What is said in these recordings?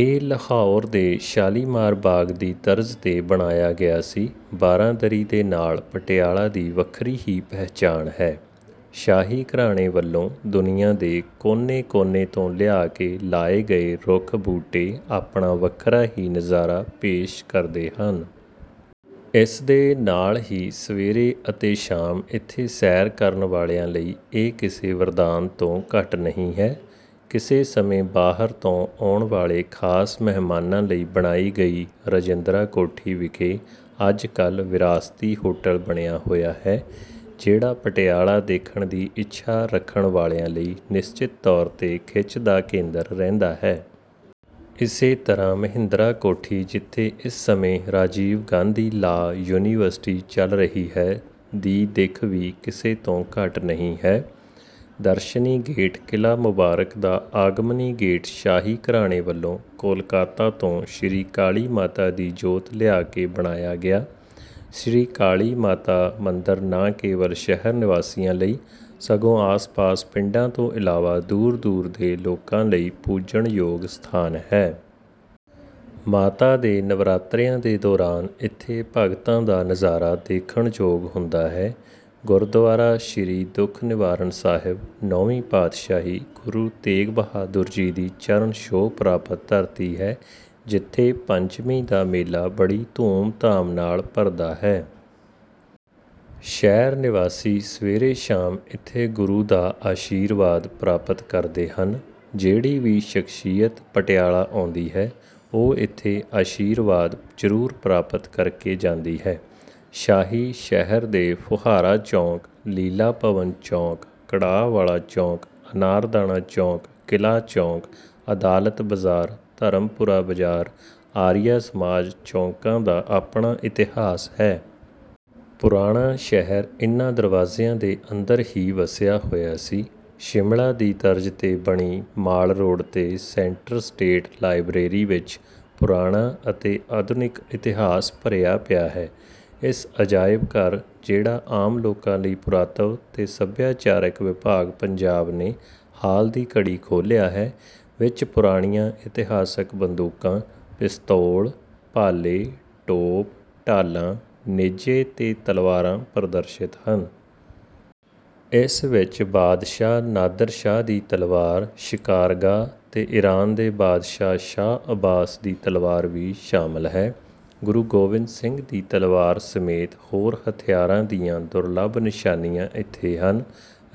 ਇਹ ਲਾਹੌਰ ਦੇ ਸ਼ਾਲੀਮਾਰ ਬਾਗ ਦੀ ਤਰਜ਼ 'ਤੇ ਬਣਾਇਆ ਗਿਆ ਸੀ। ਬਾਰਾਂਦਰੀ ਦੇ ਨਾਲ ਪਟਿਆਲਾ ਦੀ ਵੱਖਰੀ ਹੀ ਪਹਿਚਾਣ ਹੈ। ਸ਼ਾਹੀ ਘਰਾਣੇ ਵੱਲੋਂ ਦੁਨੀਆਂ ਦੇ ਕੋਨੇ- ਕੋਨੇ ਤੋਂ ਲਿਆ ਕੇ ਲਾਏ ਗਏ ਰੁੱਖ ਬੂਟੇ ਆਪਣਾ ਵੱਖਰਾ ਹੀ ਨਜ਼ਾਰਾ ਪੇਸ਼ ਕਰਦੇ ਹਨ। ਇਸ ਦੇ ਨਾਲ ਹੀ ਸਵੇਰੇ ਅਤੇ ਸ਼ਾਮ ਇਥੇ ਸੈਰ ਕਰਨ ਵਾਲਿਆਂ ਲਈ ਇਹ ਕਿਸੇ ਵਰਦਾਨ ਤੋਂ ਘੱਟ ਨਹੀਂ ਹੈ। ਕਿਸੇ ਸਮੇਂ ਬਾਹਰ ਤੋਂ ਆਉਣ ਵਾਲੇ ਖਾਸ ਮਹਿਮਾਨਾਂ ਲਈ ਬਣਾਈ ਗਈ ਰਾਜਿੰਦਰਾ ਕੋਠੀ ਵਿਖੇ ਅੱਜ ਕੱਲ੍ਹ ਵਿਰਾਸਤੀ ਹੋਟਲ ਬਣਿਆ ਹੋਇਆ ਹੈ, ਜਿਹੜਾ ਪਟਿਆਲਾ ਦੇਖਣ ਦੀ ਇੱਛਾ ਰੱਖਣ ਵਾਲਿਆਂ ਲਈ ਨਿਸ਼ਚਿਤ ਤੌਰ 'ਤੇ ਖਿੱਚ ਦਾ ਕੇਂਦਰ ਰਹਿੰਦਾ ਹੈ। ਇਸੇ ਤਰ੍ਹਾਂ ਮਹਿੰਦਰਾ ਕੋਠੀ ਜਿਥੇ ਇਸ ਸਮੇਂ ਰਾਜੀਵ ਗਾਂਧੀ ਲਾਅ ਯੂਨੀਵਰਸਿਟੀ ਚੱਲ ਰਹੀ ਹੈ, ਦੀ ਦਿੱਖ ਵੀ ਕਿਸੇ ਤੋਂ ਘੱਟ ਨਹੀਂ ਹੈ। ਦਰਸ਼ਨੀ ਗੇਟ ਕਿਲ੍ਹਾ ਮੁਬਾਰਕ ਦਾ ਆਗਮਨੀ ਗੇਟ ਸ਼ਾਹੀ ਘਰਾਣੇ ਵੱਲੋਂ ਕੋਲਕਾਤਾ ਤੋਂ ਸ੍ਰੀ ਕਾਲੀ ਮਾਤਾ ਦੀ ਜੋਤ ਲਿਆ ਕੇ ਬਣਾਇਆ ਗਿਆ ਸ੍ਰੀ ਕਾਲੀ ਮਾਤਾ ਮੰਦਰ ਨਾ ਕੇਵਲ ਸ਼ਹਿਰ ਨਿਵਾਸੀਆਂ ਲਈ, ਸਗੋਂ ਆਸ ਪਾਸ ਪਿੰਡਾਂ ਤੋਂ ਇਲਾਵਾ ਦੂਰ ਦੂਰ ਦੇ ਲੋਕਾਂ ਲਈ ਪੂਜਣਯੋਗ ਸਥਾਨ ਹੈ। ਮਾਤਾ ਦੇ ਨਵਰਾਤਰਿਆਂ ਦੇ ਦੌਰਾਨ ਇਥੇ ਭਗਤਾਂ ਦਾ ਨਜ਼ਾਰਾ ਦੇਖਣਯੋਗ ਹੁੰਦਾ ਹੈ। ਗੁਰਦੁਆਰਾ ਸ੍ਰੀ ਦੁੱਖ ਨਿਵਾਰਨ ਸਾਹਿਬ ਨੌਵੀਂ ਪਾਤਸ਼ਾਹੀ ਗੁਰੂ ਤੇਗ ਬਹਾਦੁਰ ਜੀ ਦੀ ਚਰਨ ਛੋਹ ਪ੍ਰਾਪਤ ਧਰਤੀ ਹੈ, ਜਿੱਥੇ ਪੰਚਮੀ ਦਾ ਮੇਲਾ ਬੜੀ ਧੂਮ ਧਾਮ ਨਾਲ ਭਰਦਾ ਹੈ। ਸ਼ਹਿਰ ਨਿਵਾਸੀ ਸਵੇਰੇ-ਸ਼ਾਮ ਇਥੇ ਗੁਰੂ ਦਾ ਆਸ਼ੀਰਵਾਦ ਪ੍ਰਾਪਤ ਕਰਦੇ ਹਨ। ਜਿਹੜੀ ਵੀ ਸ਼ਖਸ਼ੀਅਤ ਪਟਿਆਲਾ ਆਉਂਦੀ ਹੈ, ਉਹ ਇਥੇ ਆਸ਼ੀਰਵਾਦ ਜ਼ਰੂਰ ਪ੍ਰਾਪਤ ਕਰਕੇ ਜਾਂਦੀ ਹੈ। ਸ਼ਾਹੀ ਸ਼ਹਿਰ ਦੇ ਫੁਹਾਰਾ ਚੌਂਕ, ਲੀਲਾ ਭਵਨ ਚੌਂਕ, ਕੜਾਹ ਵਾਲਾ ਚੌਂਕ, ਅਨਾਰਦਾਨਾ ਚੌਂਕ, ਕਿਲ੍ਹਾ ਚੌਂਕ, ਅਦਾਲਤ ਬਜ਼ਾਰ, ਧਰਮਪੁਰਾ ਬਜ਼ਾਰ, ਆਰੀਆ ਸਮਾਜ ਚੌਕਾਂ ਦਾ ਆਪਣਾ ਇਤਿਹਾਸ ਹੈ। ਪੁਰਾਣਾ ਸ਼ਹਿਰ ਇਨ੍ਹਾਂ ਦਰਵਾਜ਼ਿਆਂ ਦੇ ਅੰਦਰ ਹੀ ਵਸਿਆ ਹੋਇਆ ਸੀ। ਸ਼ਿਮਲਾ ਦੀ ਤਰਜ਼ 'ਤੇ ਬਣੀ ਮਾਲ ਰੋਡ 'ਤੇ ਸੈਂਟਰ ਸਟੇਟ ਲਾਇਬਰੇਰੀ ਵਿਚ ਪੁਰਾਣਾ ਅਤੇ ਅਧੁਨਿਕ ਇਤਿਹਾਸ ਭਰਿਆ ਪਿਆ ਹੈ। ਇਸ ਅਜਾਇਬਘਰ, ਜਿਹੜਾ ਆਮ ਲੋਕਾਂ ਲਈ ਪੁਰਾਤਵ ਤੇ ਸੱਭਿਆਚਾਰਕ ਵਿਭਾਗ ਪੰਜਾਬ ਨੇ ਹਾਲ ਦੀ ਘੜੀ ਖੋਲ੍ਹਿਆ ਹੈ, ਵਿੱਚ ਪੁਰਾਣੀਆਂ ਇਤਿਹਾਸਕ ਬੰਦੂਕਾਂ, ਪਿਸਤੌਲ, ਭਾਲੇ, ਟੋਪ, ਢਾਲਾਂ, ਨੇਜੇ ਤੇ ਤਲਵਾਰਾਂ ਪ੍ਰਦਰਸ਼ਿਤ ਹਨ। ਇਸ ਵਿੱਚ ਬਾਦਸ਼ਾਹ ਨਾਦਰਸ਼ਾਹ ਦੀ ਤਲਵਾਰ 'ਸ਼ਿਕਾਰਗਾਹ' ਤੇ ਈਰਾਨ ਦੇ ਬਾਦਸ਼ਾਹ ਸ਼ਾਹ ਅੱਬਾਸ ਦੀ ਤਲਵਾਰ ਵੀ ਸ਼ਾਮਲ ਹੈ। ਗੁਰੂ ਗੋਬਿੰਦ ਸਿੰਘ ਦੀ ਤਲਵਾਰ ਸਮੇਤ ਹੋਰ ਹਥਿਆਰਾਂ ਦੀਆਂ ਦੁਰਲੱਭ ਨਿਸ਼ਾਨੀਆਂ ਇੱਥੇ ਹਨ।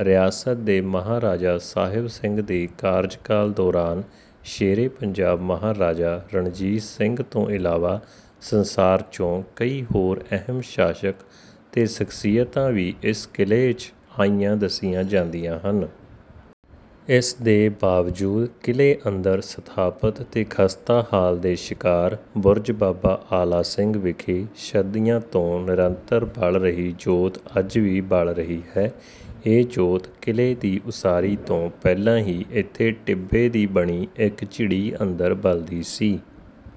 ਰਿਆਸਤ ਦੇ ਮਹਾਰਾਜਾ ਸਾਹਿਬ ਸਿੰਘ ਦੇ ਕਾਰਜਕਾਲ ਦੌਰਾਨ ਸ਼ੇਰੇ ਪੰਜਾਬ ਮਹਾਰਾਜਾ ਰਣਜੀਤ ਸਿੰਘ ਤੋਂ ਇਲਾਵਾ ਸੰਸਾਰ 'ਚੋਂ ਕਈ ਹੋਰ ਅਹਿਮ ਸ਼ਾਸਕ ਤੇ ਸ਼ਖਸੀਅਤਾਂ ਵੀ ਇਸ ਕਿਲ੍ਹੇ 'ਚ ਆਈਆਂ ਦੱਸੀਆਂ ਜਾਂਦੀਆਂ ਹਨ। ਇਸ ਦੇ ਬਾਵਜੂਦ ਕਿਲ੍ਹੇ ਅੰਦਰ ਸਥਾਪਿਤ ਤੇ ਖਸਤਾ ਹਾਲ ਦੇ ਸ਼ਿਕਾਰ 'ਬੁਰਜ ਬਾਬਾ ਆਲਾ ਸਿੰਘ' ਵਿਖੇ ਸਦੀਆਂ ਤੋਂ ਨਿਰੰਤਰ ਬਲ ਰਹੀ ਜੋਤ ਅੱਜ ਵੀ ਬਲ ਰਹੀ ਹੈ। ਇਹ ਜੋਤ ਕਿਲ੍ਹੇ ਦੀ ਉਸਾਰੀ ਤੋਂ ਪਹਿਲਾਂ ਹੀ ਇਥੇ ਟਿੱਬੇ ਦੀ ਬਣੀ ਇੱਕ ਝਿੜੀ ਅੰਦਰ ਬਲਦੀ ਸੀ।